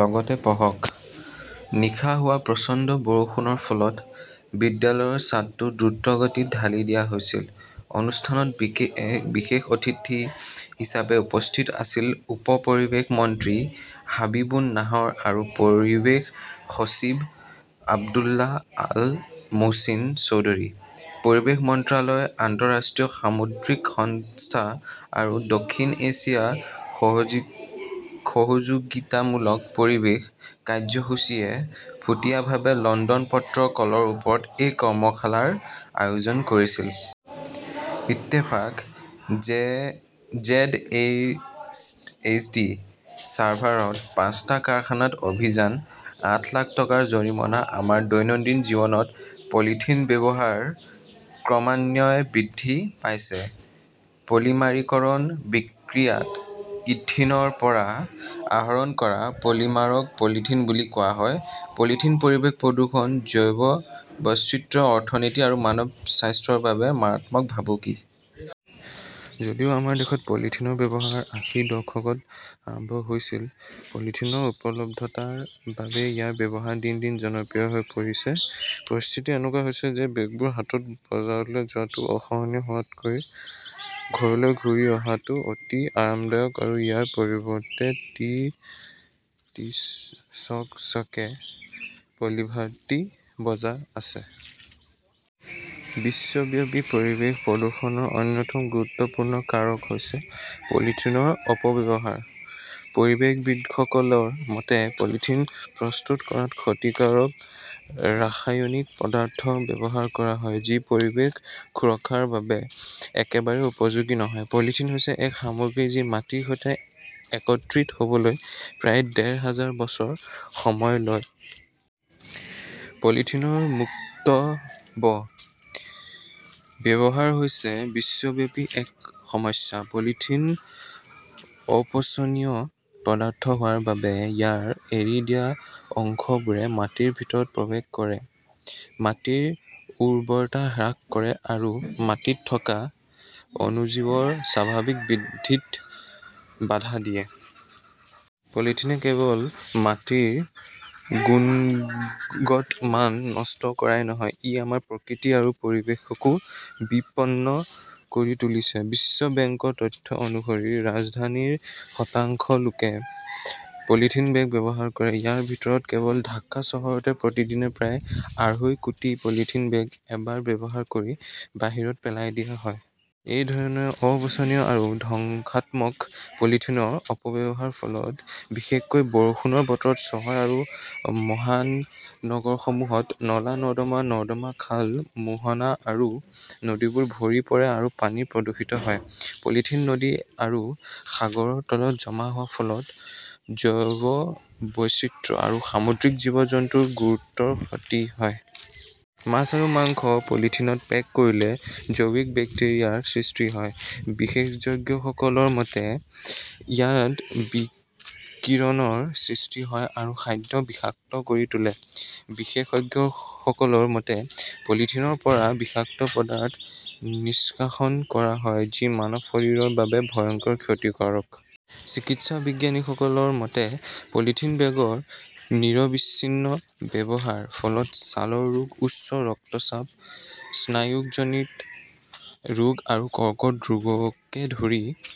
লগতে পঢ়কঃ নিশা হোৱা প্ৰচণ্ড বৰষুণৰ ফলত বিদ্যালয়ৰ ছাদটো দ্ৰুতগতিত ঢালি দিয়া হৈছিল! অনুষ্ঠানত বিশেষ অতিথি হিচাপে উপস্থিত আছিল উপ পৰিৱেশ মন্ত্ৰী হাবিবুন নাহৰ আৰু পৰিৱেশ সচিব আব্দুল্লাহ আল মোহচিন চৌধুৰী। পৰিৱেশ মন্ত্ৰালয়, আন্তঃৰাষ্ট্ৰীয় সামুদ্ৰিক সংস্থা আৰু দক্ষিণ এছিয়া সহযোগিতামূলক পৰিৱেশ কাৰ্যসূচীয়ে যুটীয়াভাৱে লণ্ডন প্ৰট "কলৰ ওপৰত এই কৰ্মশালাৰ আয়োজন কৰিছিল। ইত্তেফাক/জেডএইচডি চাভাৰত পাঁচটা কাৰখানাত অভিযান, আঠ লাখ টকাৰ জৰিমনা আমাৰ দৈনন্দিন জীৱনত পলিথিনৰ ব্যৱহাৰ ক্ৰমান্বয়ে বৃদ্ধি পাইছে। পলিমাৰীকৰণ বিক্ৰিয়াত ইথিনৰ পৰা আহৰণ কৰা পলিমাৰক পলিথিন বুলি কোৱা হয়। পলিথিন পৰিৱেশ প্ৰদূষণ, জৈৱ বৈচিত্ৰ্য, অৰ্থনীতি আৰু মানৱ স্বাস্থ্যৰ বাবে মাৰাত্মক ভাবুকি। যদিও আমাৰ দেশত পলিথিনৰ ব্যৱহাৰ আশীৰ দশকত আৰম্ভ হৈছিল, পলিথিনৰ উপলব্ধতাৰ বাবেই ইয়াৰ ব্যৱহাৰ দিন দিন জনপ্ৰিয় হৈ পৰিছে। পৰিস্থিতি এনেকুৱা হৈছে যে বেগবোৰ হাতত বজাৰলৈ যোৱাটো অসহনীয় হোৱাতকৈ ঘৰলৈ ঘূৰি অহাটো অতি আৰামদায়ক আৰু ইয়াৰ পৰিৱৰ্তে টি চকচকে পলিভাৰ্টি বজাৰ আছে। বিশ্বব্যাপী পৰিৱেশ প্ৰদূষণৰ অন্যতম গুৰুত্বপূৰ্ণ কাৰক হৈছে পলিথিনৰ অপব্যৱহাৰ। পৰিৱেশবিদসকলৰ মতে, পলিথিন প্ৰস্তুত কৰাত ক্ষতিকাৰক ৰাসায়নিক পদাৰ্থ ব্যৱহাৰ কৰা হয়, যি পৰিৱেশ সুৰক্ষাৰ বাবে একেবাৰে উপযোগী নহয়। পলিথিন হৈছে এক সামগ্ৰী যি মাটিৰ সৈতে একত্ৰিত হ 'বলৈ প্ৰায় ডেৰ হাজাৰ বছৰ সময় লয়। পলিথিনৰ মুক্ত ব? ব্যৱহাৰ হৈছে বিশ্বব্যাপী এক সমস্যা। পলিথিন অপচনীয় পদাৰ্থ হোৱাৰ বাবে ইয়াৰ এৰি দিয়া অংশবোৰে মাটিৰ ভিতৰত প্ৰৱেশ কৰি মাটিৰ উৰ্বৰতা হ্ৰাস কৰে আৰু মাটিত থকা অণুজীৱৰ স্বাভাৱিক বৃদ্ধিত বাধা দিয়ে। পলিথিনে কেৱল মাটিৰ গুণগত মান নষ্ট কৰাই নহয়, ই আমাৰ প্ৰকৃতি আৰু পৰিৱেশকো বিপন্ন কৰি তুলিছে। বিশ্ব বেংকৰ তথ্য অনুসৰি ৰাজধানীৰ শতাংশ লোকে পলিথিন বেগ ব্যৱহাৰ কৰে। ইয়াৰ ভিতৰত কেৱল ঢাকা চহৰতে প্ৰতিদিনে প্ৰায় আঢ়ৈ কোটি পলিথিন বেগ এবাৰ ব্যৱহাৰ কৰি বাহিৰত পেলাই দিয়া হয়। এই ধৰণৰ অপচনীয় আৰু ধ্বংসাত্মক পলিথিনৰ অপব্যৱহাৰৰ ফলত বিশেষকৈ বৰষুণৰ বতৰত চহৰ আৰু মহানগৰসমূহত নলা-নৰ্দমা, নৰ্দমা, খাল, মোহনা আৰু নদীবোৰ ভৰি পৰে আৰু পানী প্ৰদূষিত হয়। পলিথিন নদী আৰু সাগৰৰ তলত জমা হোৱাৰ ফলত জৈৱ বৈচিত্ৰ্য আৰু সামুদ্ৰিক জীৱ-জন্তুৰ গুৰুতৰ ক্ষতি হৈছে। মাছ আৰু মাংস পলিথিনত পেক কৰিলে জৈৱিক বেক্টেৰিয়াৰ সৃষ্টি হয়। বিশেষজ্ঞসকলৰ মতে, ইয়াত বিকিৰণৰ সৃষ্টি হয় আৰু খাদ্য বিষাক্ত কৰি তোলে। বিশেষজ্ঞসকলৰ মতে পলিথিনৰ পৰা বিষাক্ত পদাৰ্থ নিষ্কাশন কৰা হয়, যি মানৱ শৰীৰৰ বাবে ভয়ংকৰ ক্ষতিকাৰক। চিকিৎসা বিজ্ঞানীসকলৰ মতে, পলিথিন বেগৰ নিৰবিচ্ছিন্ন ব্যৱহাৰৰ ফলত ছালৰ ৰোগ, উচ্চ ৰক্তচাপ, স্নায়ুজনিত ৰোগ আৰু কৰ্কট ৰোগকে ধৰি